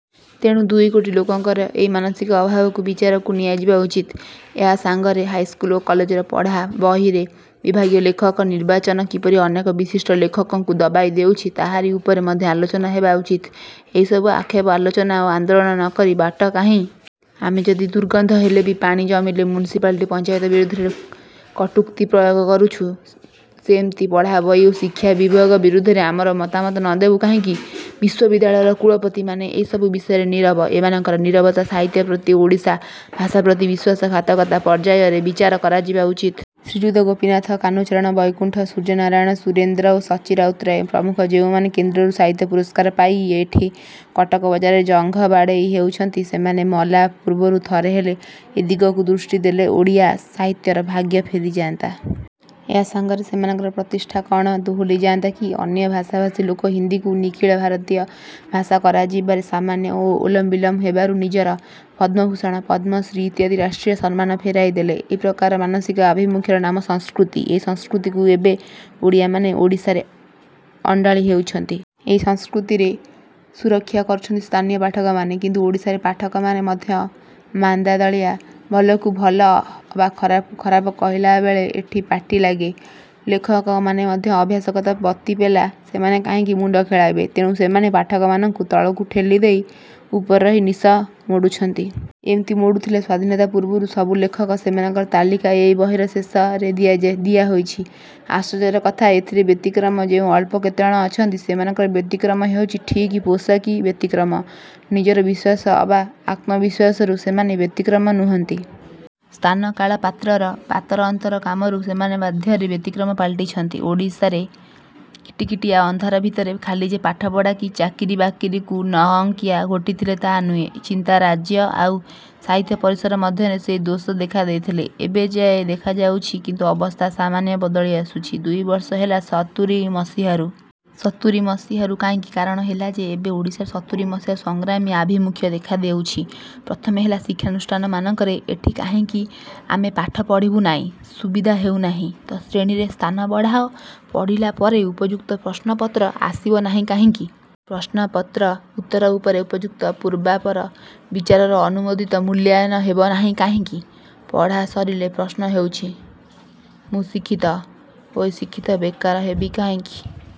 ତେଣୁ ଦୁଇ କୋଟି ଲୋକଙ୍କର ଏଇ ମାନସିକ ଅଭାବକୁ ବିଚାରକୁ ନିଆଯିବା ଉଚିତ। ଏହା ସାଙ୍ଗରେ ହାଇସ୍କୁଲ ଓ କଲେଜର ପଢ଼ାବହିରେ ବିଭାଗୀୟ ଲେଖକ ନିର୍ବାଚନ କିପରି ଅନେକ ବିଶିଷ୍ଟ ଲେଖକଙ୍କୁ ଦବାଇଦେଉଛି, ତାହାରି ଉପରେ ମଧ୍ୟ ଆଲୋଚନା ହେବା ଉଚିତ। ଏଇସବୁ ଆକ୍ଷେପ, ଆଲୋଚନା ଓ ଆନ୍ଦୋଳନ ନ କରି ବାଟ କାହିଁ? ଆମେ ଯଦି ଦୁର୍ଗନ୍ଧ ହେଲେ ବି ପାଣି ଜମିଲେ ମ୍ୟୁନିସିପାଲିଟି ଓ ପଞ୍ଚାୟତ ବିରୁଦ୍ଧରେ କଟୁକ୍ତି ପ୍ରୟୋଗ କରୁଛୁ, ସେମିତି ପଢ଼ାବହି ଓ ଶିକ୍ଷା ବିଭାଗ ବିରୁଦ୍ଧରେ ଆମର ମତାମତ ନ ଦେବୁ କାହିଁକି? ବିଶ୍ୱବିଦ୍ୟାଳୟର କୁଳପତିମାନେ ଏହିସବୁ ବିଷୟରେ ନୀରବ। ଏମାନଙ୍କର ନୀରବତା ସାହିତ୍ୟ ପ୍ରତି ଓଡ଼ିଆ ଭାଷା ପ୍ରତି ବିଶ୍ୱାସଘାତକତା ପର୍ଯ୍ୟାୟରେ ବିଚାର କରାଯିବା ଉଚିତ। ଶ୍ରୀଯୁକ୍ତ ଗୋପୀନାଥ, କାହ୍ନୁଚରଣ, ବୈକୁଣ୍ଠ, ସୂର୍ଯ୍ୟନାରାୟଣ, ସୁରେନ୍ଦ୍ର ଓ ସଚ୍ଚି ରାଉତରାୟ ପ୍ରମୁଖ ଯେଉଁମାନେ କେନ୍ଦ୍ରରୁ ସାହିତ୍ୟ ପୁରସ୍କାର ପାଇ ଏଠି କଟକ ବଜାରରେ ଜଙ୍ଘ ବାଡ଼େଇ ହେଉଛନ୍ତି, ସେମାନେ ମଲା ପୂର୍ବରୁ ଥରେ ହେଲେ ଏହି ଦିଗକୁ ଦୃଷ୍ଟି ଦେଲେ ଓଡ଼ିଆ ସାହିତ୍ୟର ଭାଗ୍ୟ ଫେରିଯାନ୍ତା। ଏହା ସାଙ୍ଗରେ ସେମାନଙ୍କର ପ୍ରତିଷ୍ଠା କ'ଣ ଦୋହଲି ଯାଆନ୍ତା କି?ଅନ୍ୟ ଭାଷାଭାଷୀ ଲୋକ ହିନ୍ଦୀକୁ ନିଖିଳ ଭାରତୀୟ ଭାଷା କରାଯିବାରେ ସାମାନ୍ୟ ଓଲମବିଲମ ହେବାରୁ ନିଜର ପଦ୍ମଭୂଷଣ, ପଦ୍ମଶ୍ରୀ ଇତ୍ୟାଦି ରାଷ୍ଟ୍ରୀୟ ସମ୍ମାନ ଫେରାଇଦେଲେ। ଏହି ପ୍ରକାରର ମାନସିକ ଆଭିମୁଖ୍ୟର ନାମ ସଂସ୍କୃତି। ଏଇ ସଂସ୍କୃତିକୁ ଏବେ ଓଡ଼ିଆମାନେ ଓଡ଼ିଶାରେ ଅଣ୍ଡାଳି ହେଉଛନ୍ତି। ଏହି ସଂସ୍କୃତିର ସୁରକ୍ଷା କରୁଛନ୍ତି ସ୍ଥାନୀୟ ପାଠକମାନେ; କିନ୍ତୁ ଓଡ଼ିଶାରେ ପାଠକମାନେ ମଧ୍ୟ ମାନ୍ଦାଦଳିଆ, ଭଲକୁ ଭଲ ଅବା ଖରାପକୁ ଖରାପ କହିଲା ବେଳେ ଏଠି ପାଟି ଲାଗେ। ଲେଖକମାନେ ମଧ୍ୟ ଅଭ୍ୟାସଗତ ବତିପେଲା, ସେମାନେ କାହିଁକି ମୁଣ୍ଡ ଖେଳାଇବେ? ତେଣୁ ସେମାନେ ପାଠକମାନଙ୍କୁ ତଳକୁ ଠେଲିଦେଇ ଉପରେ ରହି ନିଶ ମୋଡୁଛନ୍ତି। ଏମିତି ମୋଡୁଥିଲେ ସ୍ୱାଧୀନତା ପୂର୍ବର ସବୁ ଲେଖକ, ସେମାନଙ୍କର ତାଲିକା ଏହି ବହିର ଶେଷରେ ଦିଆହୋଇଛି। ଆଶ୍ଚର୍ଯ୍ୟର କଥା, ଏଥିରେ ବ୍ୟତିକ୍ରମ ଯେଉଁ ଅଳ୍ପ କେତେଜଣ ଅଛନ୍ତି ସେମାନଙ୍କର ବ୍ୟତିକ୍ରମ ହେଉଛି ଠିକ୍ ପୋଷାକୀ ବ୍ୟତିକ୍ରମ। ନିଜର ବିଶ୍ୱାସ ଅବା ଆତ୍ମବିଶ୍ୱାସରୁ ସେମାନେ ବ୍ୟତିକ୍ରମ ନୁହନ୍ତି। ସ୍ଥାନ, କାଳ, ପାତ୍ରର ପାତରଅନ୍ତର କାମରୁ ସେମାନେ ବାଧ୍ୟରେ ବ୍ୟତିକ୍ରମ ପାଲଟିଛନ୍ତି। ଓଡ଼ିଶାର କିଟିକିଟିଆ ଅନ୍ଧାର ଭିତରେ ଖାଲି ଯେ ପାଠପଢ଼ା କି ଚାକିରିବାକିରିକୁ ନଅଙ୍କିଆ ଘୋଟିଥିଲା ତାହା ନୁହେଁ, ଚିନ୍ତାରାଜ୍ୟ ଆଉ ସାହିତ୍ୟ ପରିସର ମଧ୍ୟରେ ସେହି ଦୋଷ ଦେଖାଦେଇଥିଲା। ଏବେ ଯାଏ ଦେଖାଦେଉଛି; କିନ୍ତୁ ଅବସ୍ଥା ସାମାନ୍ୟ ବଦଳିଆସୁଛି ଦୁଇ ବର୍ଷ ହେଲା, ସତୁରି ମସିହାରୁ। ସତୁରି ମସିହାରୁ କାହିଁକି? କାରଣ ହେଲା ଯେ ଏବେ ଓଡ଼ିଶାରେ ସତୁରି ମସିହାରୁ ସଂଗ୍ରାମୀ ଆଭିମୁଖ୍ୟ ଦେଖାଦେଉଛି। ପ୍ରଥମେ ହେଲା ଶିକ୍ଷାନୁଷ୍ଠାନମାନଙ୍କରେ। ଏଠି କାହିଁକି ଆମେ ପାଠ ପଢ଼ିବୁ ନାହିଁ? ସୁବିଧା ହେଉନାହିଁ ତ ଶ୍ରେଣୀରେ ସ୍ଥାନ ବଢ଼ାଅ। ପଢ଼ିଲା ପରେ ଉପଯୁକ୍ତ ପ୍ରଶ୍ନପତ୍ର ଆସିବ ନାହିଁ କାହିଁକି? ପ୍ରଶ୍ନପତ୍ରର ଉତ୍ତର ଉପରେ ଉପଯୁକ୍ତ ଓ ପୂର୍ବାପର ବିଚାରର ଅନୁମୋଦିତ ମୂଲ୍ୟାୟନ ହେବ ନାହିଁ କାହିଁକି? ପଢ଼ା ସରିଲେ ପ୍ରଶ୍ନ ହେଉଛି, ମୁଁ ଶିକ୍ଷିତ ହୋଇ ଶିକ୍ଷିତ ବେକାର ହେବି କାହିଁକି?